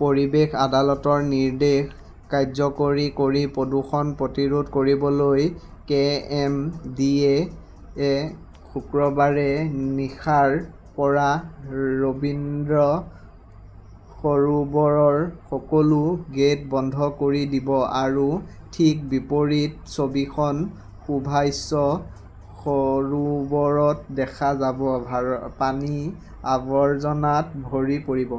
পৰিৱেশ আদালতৰ নিৰ্দেশ কাৰ্যকৰী কৰি প্ৰদূষণ প্ৰতিৰোধ কৰিবলৈ কে. এম. ডি. এ. -য়ে শুকুৰবাৰে নিশাৰ পৰা ৰবীন্দ্ৰ সৰোবৰৰ সকলো গেট বন্ধ কৰি দিব আৰু ঠিক বিপৰীত ছবিখন সুভাষ সৰোবৰত দেখা যাব। পানী আবৰ্জনাত ভৰি পৰিব।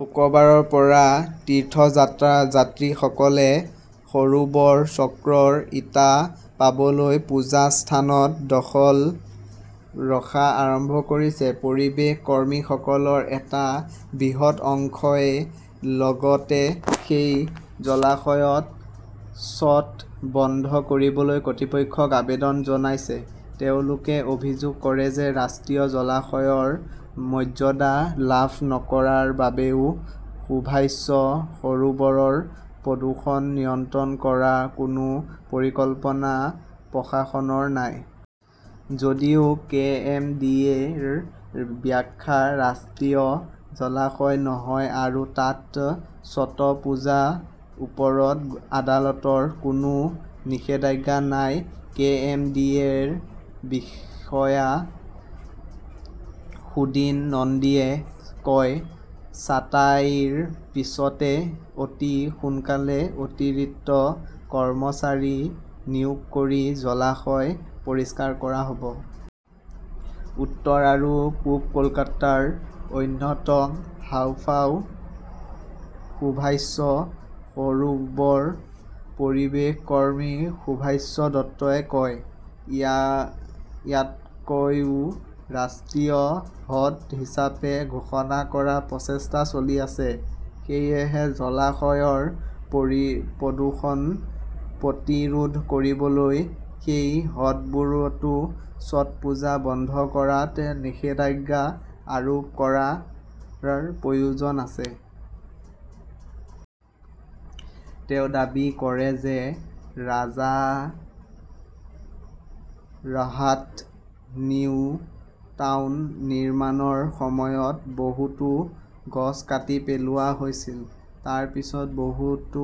শুকুৰবাৰৰ পৰাই তীৰ্থযাত্ৰীসকলে সৰোবৰ চক্ৰত ইটা পাবলৈ পূজাৰ স্থানৰ 'দখল' ৰখা আৰম্ভ কৰিছে। পৰিৱেশ কৰ্মীসকলৰ এটা বৃহৎ অংশই লগতে সেই জলাশয়ত ছট বন্ধ কৰিবলৈ কৰ্তৃপক্ষক আবেদন জনাইছে। তেওঁলোকে অভিযোগ কৰে যে ৰাষ্ট্ৰীয় জলাশয়ৰ মৰ্যাদা লাভ নকৰাৰ বাবেই সুভাষ সৰোবৰৰ প্ৰদূষণ নিয়ন্ত্ৰণ কৰাৰ কোনো পৰিকল্পনা প্ৰশাসনৰ নাই। যদিও কে. এম. ডি. এ. -ৰ ব্যাখ্যা, ৰাষ্ট্ৰীয় জলাশয় নহয় আৰু তাত ছট পূজাৰ ওপৰত আদালতৰ কোনো নিষেধাজ্ঞা নাই। কে. এম. ডি. এ.ৰ বিষয়া সুদিন নন্দীয়ে কয়, "ছাঁটাইৰ পিছতে অতি সোনকালে অতিৰিক্ত কৰ্মচাৰী নিয়োগ কৰি জলাশয় পৰিষ্কাৰ কৰা হ'ব। "উত্তৰ আৰু পূব কলকাতাৰ অন্যতম হাঁওফাঁও সুভাষ সৰোবৰ" পৰিৱেশ কৰ্মী সুভাষ দত্তই কয়। ইয়াকও ৰাষ্ট্ৰীয় হ্ৰদ হিচাপে ঘোষণা কৰাৰ প্ৰচেষ্টা চলি আছে। সেয়েহে জলাশয়ৰ প্ৰদূষণ প্ৰতিৰোধ কৰিবলৈ সেই হ্ৰদবোৰতো ছটপূজা বন্ধ কৰাত নিষেধাজ্ঞা আৰোপ কৰাৰ প্ৰয়োজন আছে। "তেওঁ দাবী কৰে যে ৰাজাৰহাট-নিউ টাউন নিৰ্মাণৰ সময়ত বহুতো গছ কাটি পেলোৱা হৈছিল। তাৰ পিছত বহুতো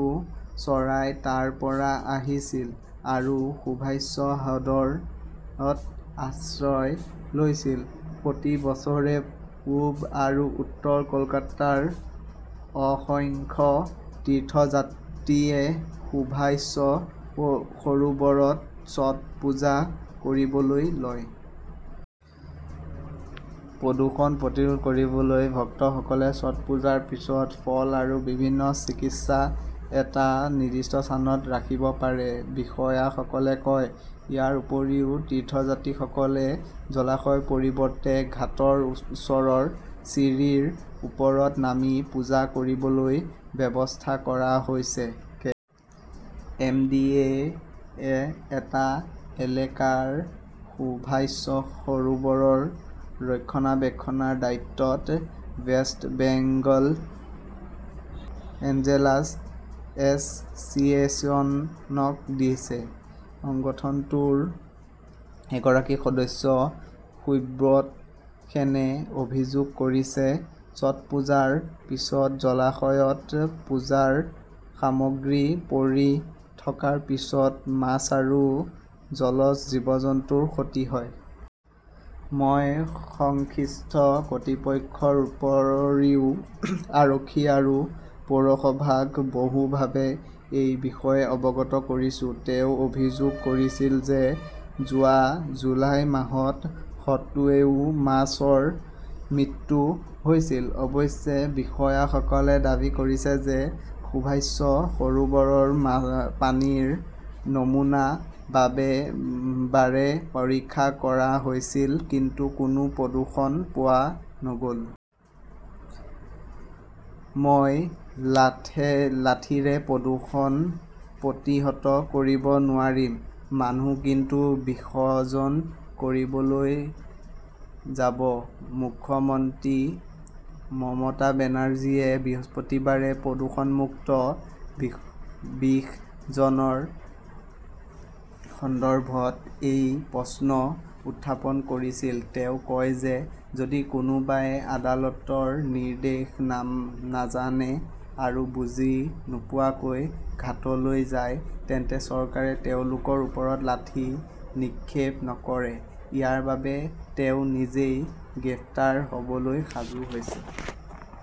চৰাই তাৰ পৰা আহিছিল আৰু সুভাষ হ্ৰদত আশ্ৰয় লৈছিল। প্ৰতি বছৰে পূব আৰু উত্তৰ কলকাতাৰ অসংখ্য তীৰ্থযাত্ৰীয়ে সুভাষ সৰোবৰত ছট পূজা কৰিবলৈ যায়। প্ৰদূষণ প্ৰতিৰোধ কৰিবলৈ ভক্তসকলে ছটপুজাৰ পিছত ফুল আৰু বিভিন্ন চিকিৎসা এটা নিৰ্দিষ্ট স্থানত ৰাখিব পাৰে, বিষয়াসকলে কয়। ইয়াৰ উপৰিও, তীৰ্থযাত্ৰীসকলে জলাশয়ৰ পৰিৱৰ্তে ঘাটৰ ওচৰৰ চিৰিৰ ওপৰত নামি পূজা কৰিবলৈ ব্যৱস্থা কৰা হৈছে। কে. এম. ডি. এ. -য়ে এটা এলেকাৰ সুভাষ সৰোবৰৰ ৰক্ষণাবেক্ষণৰ দায়িত্ব "ৱেষ্ট বেংগল এঙ্গেলাৰ্ছ এছ'চিয়েশ্যন"-ক দিছে। সংগঠনটোৰ এগৰাকী সদস্য সুব্ৰত সেনে অভিযোগ কৰিছে, "ছটপুজাৰ পিছত জলাশয়ত পূজাৰ সামগ্ৰী পৰি থকাৰ ফলত মাছ আৰু জলজ জীৱ-জন্তুৰ ক্ষতি হয়। মই সংশ্লিষ্ট কৰ্তৃপক্ষৰ উপৰিও আৰক্ষী আৰু পৌৰসভাক বহুবাৰ এই বিষয়ে অৱগত কৰিছো। "তেওঁ অভিযোগ কৰিছিল যে যোৱা জুলাই মাহত হ্ৰদটোতও মাছৰ মৃত্যু হৈছিল। অৱশ্যে, বিষয়াসকলে দাবী কৰিছে যে সুভাষ সৰোবৰৰ পানীৰ নমুনা বাৰে বাৰে পৰীক্ষা কৰা হৈছিল, কিন্তু কোনো প্ৰদূষণ পোৱা নগ "ল। 'মই লাঠিৰে প্ৰদূষণ প্ৰতিহত কৰিব নোৱাৰিম' মানুহ কিন্তু বিসৰ্জন কৰিবলৈ ক'লৈ যাব? মুখ্যমন্ত্ৰী মমতা বেনাৰ্জীয়ে বৃহস্পতিবাৰে 'প্ৰদূষণমুক্ত "বিসৰ্জনৰ সন্দৰ্ভত এই প্ৰশ্ন উত্থাপন কৰিছিল। তেওঁ কয় যে যদি কোনোবাই আদালতৰ নিৰ্দেশ নাজানে আৰু বুজি নোপোৱাকৈ ঘাটলৈ যায়, তেন্তে চৰকাৰে তেওঁলোকৰ ওপৰত লাঠি নিক্ষেপ নকৰে। ইয়াৰ বাবে তেওঁ নিজেই গ্ৰেপ্তাৰ হ'বলৈ সাজু হৈছে।